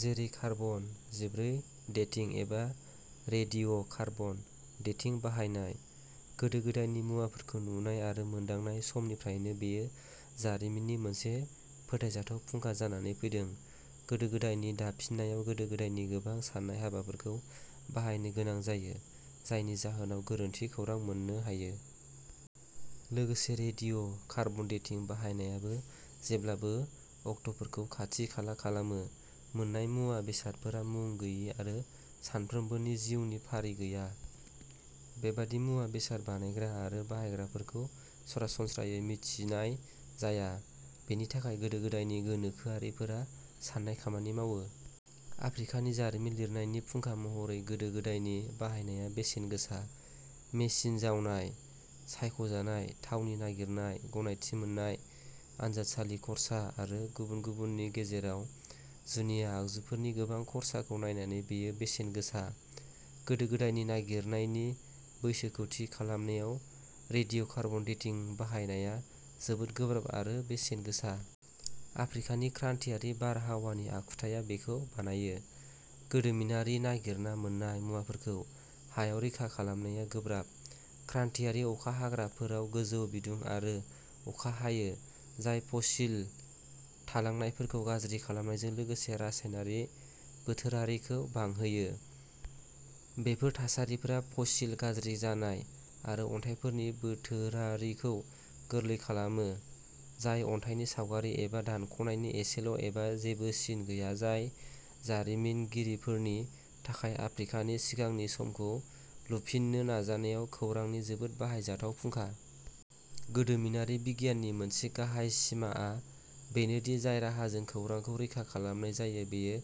जेरै कार्बन जिब्रै डेटिं एबा रेडिय' कार्बन डेटिं बाहायनाय, गोदो-गोदायनि मुवाफोरखौ नुनाय आरो मोनदांनाय समनिफ्रायनो बेयो जारिमिननि मोनसे फोथायजाथाव फुंखा जानानै फैदों। गोदो गोदायनि दाफिननायाव गोदो गोदायनि गोबां सान्नाय हाबाफोरखौ बाहायनो गोनां जायो। जायनि जाहोनाव गोरोन्थि खौरां मोननो हायो। लोगोसे रेडिय' कार्बन डेटिं बाहायनायाबो जेब्लाबो अक्ट'फोरखौ खाथि खाला खालामो। मोन्नाय मुवा बेसादफोरा मुं गैयि आरो सानफ्रोमबोनि जिउनि फारि गैया। बेबादि मुवा बेसाद बानायग्रा आरो बाहायग्राफोरखौ सरासनस्रायै मिथिनाय जाया। बेनि थाखाय गोदो गोदायनि गोनोखोआरिफोरा सान्नाय खामानि मावो। आफ्रिकानि जारिमिन लिरनायनि फुंखा महरै गोदो गोदायनि बाहायनाया बेसेन गोसा। मेसिन जावनाय सायख' जानाय, थावनि नागिरनाय, गनायथि मोन्नाय, आनजादसालि खर्सा आरो गुबुन गुबुननि गेजेराव जुनिया आगजुफोरनि गोबां खर्साखौ नायनानै बेयो बेसेन गोसा। गोदो गोदायनि नागिरनायनि बैसोखौ थि खालामनायाव रेडिय' कार्बन डेटिं बाहायनाया जोबोद गोब्राब आरो बेसेन गोसा। आफ्रिकानि क्रान्तियारि बारहावानि आखुथाया बेखौ बानायो। गोदोमिनारि नागिरना मोन्नाय मुवाफोरखौ हायाव रैखा खालामनाया गोब्राब। क्रान्तियारि अखा हाग्राफोराव गोजौ बिदुं आरो अखा हायो। जाय फसिल थालांनायफोरखौ गाज्रि खालामनायजों लोगोसे रासायनारि बोथोरारिखौ बांहोयो। बेफोर थासारिफोरा फसिल गाज्रि जानाय आरो अन्थाइफोरनि बोथोरारिखौ गोरलै खालामो। जाय अन्थाइनि सावगारि एबा दानख'नायनि एसेल एबा जेबो सिन गैया। जाय जारिमिनगिरिफोरनि थाखाय आफ्रिकानि सिगांनि समखौ लुफिननो नाजानायाव खौरांनि जोबोद बाहायजाथाव फुंखा। गोदोमिनारि बिगियाननि मोनसे गाहाय सिमाआ बेनो दि जाय राहाजों खौरांखौ रैखा खालामनाय जायो बेयो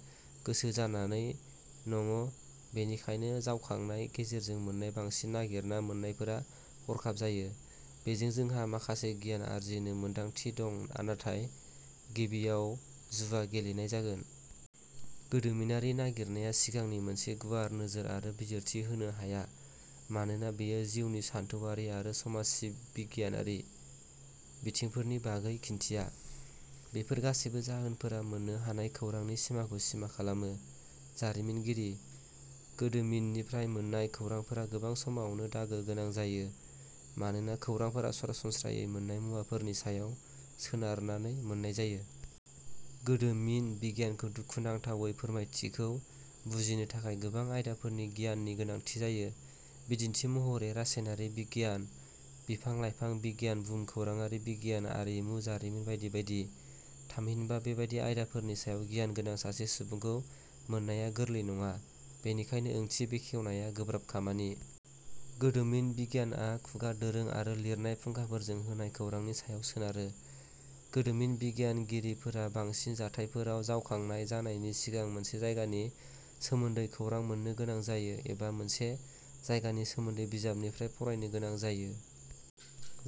गोसो जानानै नङ। बेनिखायनो जावखांनाय गेजेरजों मोन्नाय बांसिन नागिरना मोन्नायफोरा हरखाब जायो। बेजों जोंहा माखासे गियान आरजिनो मोनदांथि दं‌ नाथाय गिबियाव जुवा गेलेनाय जागोन। गोदोमिनारि नागिरनाया सिगांनि मोनसे गुवार नोजोर आरो बिजिरथि होनो हाया। मानोना बेयो जिउनि सानथौआरि आरो समाज सि बिगियानारि बिथिंफोरनि बागै खिन्थिया। बेफोर गासैबो जाहोनफोरा मोननो हानाय खौरांनि सिमाखौ सिमा खालामो। जारिमिनगिरि, गोदोमिननिफ्राय मोन्नाय खौरांफोरा गोबां समावनो दागो गोनां जायो। मानोना खौरांफोरा सरासनस्रायै मोन्नाय मुवाफोरनि सायाव सोनारनानै मोन्नाय जायो। गोदोमिन बिगियानखौ दुखुनांथावै फोरमायथिखौ बुजिनो थाखाय गोबां आयदाफोरनि गियाननि गोनांथि जायो। बिदिन्थि महरै रासायनारि बिगियान, बिफां लाइफां बिगियान, भुमखौराङारि बिगियान, आरिमु, जारिमिन बायदि बायदि। थामहिनबा बेबादि आयदाफोरनि सायाव गियान गोनां सासे सुबुंखौ मोननाया गोरलै नङा। बेनिखायनो ओंथि बेखेवनाया गोब्राब खामानि। गोदोमिन बिगियानआ खुगा दोरों आरो लिरनाय फुंखाफोरजों होनाय खौरांनि सायाव सोनारो। गोदोमिन बिगियानगिरिफोरा बांसिन जाथायफोराव जावखांनाय जानायनि सिगां मोनसे जायगानि सोमोन्दै खौरां मोन्नो गोनां जायो एबा मोनसे जायगानि सोमोन्दै बिजाबनिफ्राय फरायनो गोनां जायो।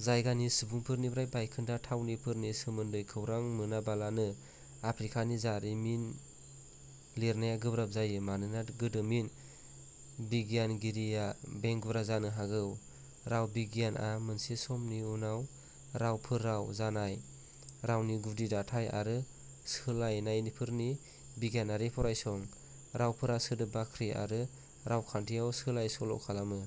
जायगानि सुबुंफोरनिफ्राय बायखोन्दा थावनिफोरनि सोमोन्दै खौरां मोनालाबानो आफ्रिकानि जारिमिन लिरनाया गोब्राब जायो। मानोना गोदोमिन बिगियानगिरिया बेंगुरा जानो हागौ। राव बिगियानआ मोनसे समनि उनाव रावफोराव जानाय रावनि गुदि दाथाय आरो सोलायनायफोरनि बिगियानारि फरायसं। रावफोरा सोदोब बाख्रि आरो रावखान्थियाव सोलाय सोल' खालामो।